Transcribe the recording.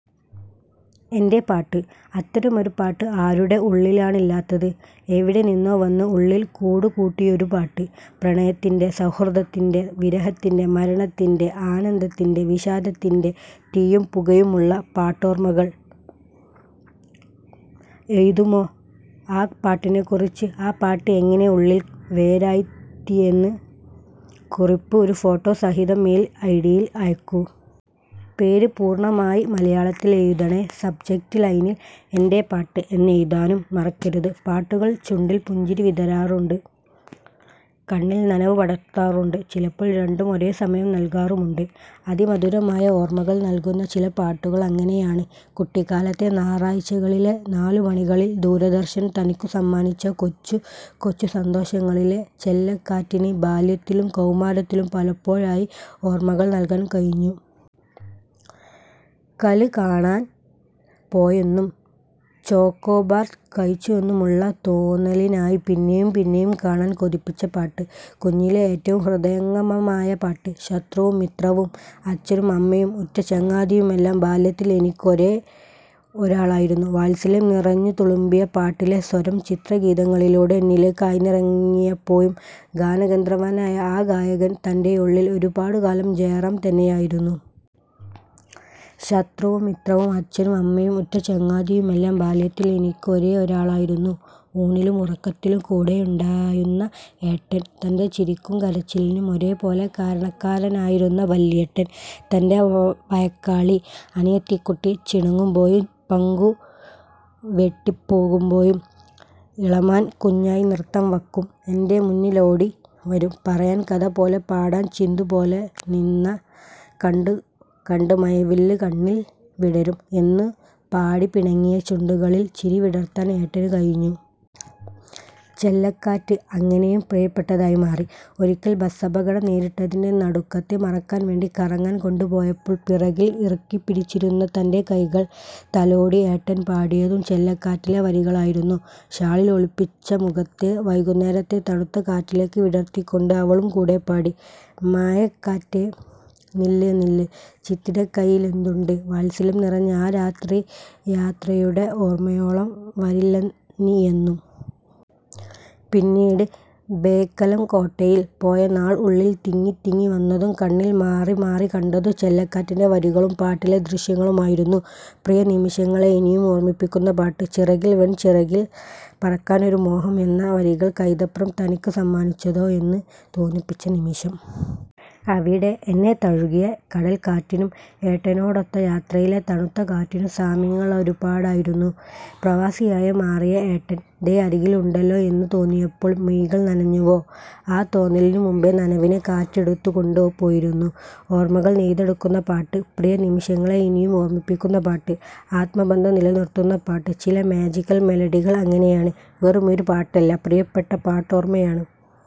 എൻ്റെ പാട്ട്: അത്തരമൊരു പാട്ട് ആരുടെ ഉള്ളിലാണില്ലാത്തത്. എവിടെനിന്നോ വന്ന് ഉള്ളിൽ കൂടുകൂട്ടിയൊരു പാട്ട്. പ്രണയത്തിൻ്റെ, സൗഹൃദത്തിൻ്റെ, വിരഹത്തിൻ്റെ, മരണത്തിൻ്റെ, ആനന്ദത്തിൻ്റെ, വിഷാദത്തിൻ്റെ തീയും പുകയുമുള്ള പാട്ടോർമ്മക്കൾ. എഴുതാമോ, ആ പാട്ടിനെക്കുറിച്ച്. ആ പാട്ട് എങ്ങനെ ഉള്ളിൽ വേരാഴ്ത്തിയെന്ന്. കുറിപ്പ് ഒരു ഫോട്ടോ സഹിതം മെയിൽ ഐഡിയിൽ അയക്കൂ. പേര് പൂർണ്ണമായി മലയാളത്തിൽ എഴുതണേ, സബ്ജെക്ട് ലൈനിൽ 'എൻ്റെ പാട്ട് ' എന്നെഴുതാനും മറക്കരുത് പാട്ടുകൾ ചുണ്ടിൽ പുഞ്ചിരി വിതരാറുണ്ട്. കണ്ണിൽ നനവ് പടർത്താറുണ്ട്. ചിലപ്പോൾ, രണ്ടും ഒരേസമയം നൽകാറുമുണ്ട്. അതിമധുരമായ ഓർമകൾ നൽകുന്ന ചില പാട്ടുകൾ അങ്ങനെയാണ്. കുട്ടിക്കാലത്തെ ഞായറാഴ്ചകളിലെ നാലുമണികളിൽ ദൂരദർശൻ തനിക്കു സമ്മാനിച്ച 'കൊച്ചു കൊച്ചു സന്തോഷങ്ങളിലെ’ ‘ചെല്ലക്കാറ്റിന്’ ബാല്യത്തിലും കൗമാരത്തിലും പലപ്പോഴായി ഓർമ്മകൾ നൽകാൻ കഴിഞ്ഞു. കല് കാണാൻ പോയെന്നും ചോക്കോബാർ കഴിച്ചുവെന്നുമുള്ള തോന്നലിനായി പിന്നെയും പിന്നെയും കാണാൻ കൊതിപ്പിച്ച പാട്ട്. കുഞ്ഞിലെ ഏറ്റവും ഹൃദയംഗമമായ പാട്ട്. ശത്രുവും മിത്രവും അച്ഛനും അമ്മയും ഉറ്റചങ്ങാതിയും എല്ലാം ബാല്യത്തിൽ എനിക്ക് ഒരേ ഒരാളായിരുന്നു വാത്സല്യം നിറഞ്ഞു തുളുമ്പിയ പാട്ടിലെ സ്വരം ചിത്രഗീതങ്ങളിലൂടെ എന്നിലേക്ക് ആഴ്ന്നിറങ്ങിയപ്പോഴും ഗാനഗന്ധർവനായ ആ ഗായകൻ തൻ്റെയുള്ളിൽ ഒരുപാടുകാലം ജയറാം തന്നെയായിരുന്നു. ശത്രുവും മിത്രവും അച്ഛനും അമ്മയും ഉറ്റചങ്ങാതിയും എല്ലാം ബാല്യത്തിൽ എനിക്ക് ഒരേ ഒരാളായിരുന്നു. ഊണിലും ഉറക്കത്തിലും കൂടെയുണ്ടായുന്ന ഏട്ടൻ. തൻ്റെ ചിരിക്കും കരച്ചിലിനും ഒരുപോലെ കാരണക്കാരനായിരുന്ന വല്യേട്ടൻ. തൻ്റെ വഴക്കാളി അനിയത്തികുട്ടി ചിണുങ്ങുമ്പോഴും പങ്കുവെട്ടി പോകുമ്പോഴും "ഇളമാൻ കുഞ്ഞായ് നൃത്തം വക്കും എൻ്റെ മുന്നിലോടി വരും പറയാൻ കഥ പോലെ പാടാൻ ചിന്തു പോലെ നിന്നെ കണ്ടു കണ്ട് മഴവില്ല് കണ്ണിൽ വിടരും" എന്ന് പാടി പിണങ്ങിയ ചുണ്ടുകളിൽ ചിരി വിടർത്താൻ ഏട്ടന് കഴിഞ്ഞു. 'ചെല്ലക്കാറ്റ്' അങ്ങനെയും പ്രിയപ്പെട്ടതായി മാറി. ഒരിക്കൽ ബസ്സപകടം നേരിട്ടതിൻ്റെ നടുക്കത്തെ മറക്കാൻ വേണ്ടി കറങ്ങാൻ കൊണ്ടുപോയപ്പോൾ പിറകിൽ ഇറുക്കിപ്പിടിച്ചിരുന്ന തൻ്റെ കൈകൾ തലോടി ഏട്ടൻ പാടിയതും ചെല്ലക്കാറ്റിലെ വരികളായിരുന്നു. ഷാളിൽ ഒളിപ്പിച്ച മുഖത്തെ വൈകുന്നേരത്തെ തണുത്ത കാറ്റിലേക്ക് വിടർത്തികൊണ്ട് അവളും കൂടെ പാടി, "മായക്കാറ്റേ നില്ല് നില്ല് ചിത്തിര കയ്യിലെന്തുണ്ട്" വാത്സല്യം നിറഞ്ഞ ആ രാത്രിയാത്രയുടെ ഓർമ്മയോളം വരില്ലിനിയൊന്നും! പിന്നീട്, ബേക്കലം കോട്ടയിൽ പോയ നാൾ ഉള്ളിൽ തിങ്ങി തിങ്ങി വന്നതും കണ്ണിൽ മാറി മാറി കണ്ടതും ചെല്ലക്കാറ്റിൻ്റെ വരികളും പാട്ടിലെ ദൃശ്യങ്ങളുമായിരുന്നു. പ്രിയ നിമിഷങ്ങളെ ഇനിയും ഓർമ്മിപ്പിക്കുന്ന പാട്ട് "ചിറകിൽ വെൺചിറകിൽ പറക്കാനൊരു മോഹം" എന്ന വരികൾ കൈതപ്രം തനിക്ക് സമ്മാനിച്ചതോ എന്ന് തോന്നിപ്പിച്ച നിമിഷം. അവിടെ എന്നെ തഴുകിയ കടൽകാറ്റിനും ഏട്ടനോടൊത്ത യാത്രയിലെ തണുത്ത കാറ്റിനും സാമ്യങ്ങളൊരുപാടായിരുന്നു. പ്രവാസിയായി മാറിയ ഏട്ടൻ, ദേ അരികിലുണ്ടല്ലോ എന്ന് തോന്നിയപ്പോൾ മിഴികൾ നനഞ്ഞുവോ? ആ തോന്നലിനു മുമ്പേ നനവിനെ കാറ്റെടുത്തു കൊണ്ട് പോയിരുന്നു. ഓർമ്മകൾ നെയ്തെടുക്കുന്ന പാട്ട് പ്രിയ നിമിഷങ്ങളെ ഇനിയും ഓർമ്മിപ്പിക്കുന്ന പാട്ട് ആത്മബന്ധം നിലനിർത്തുന്ന പാട്ട് ചില മാജിക്കൽ മെലഡികൾ അങ്ങനെയാണ്, വെറുമൊരു പാട്ടല്ല, പ്രിയപ്പെട്ട പാട്ടോർമ്മയാണ്.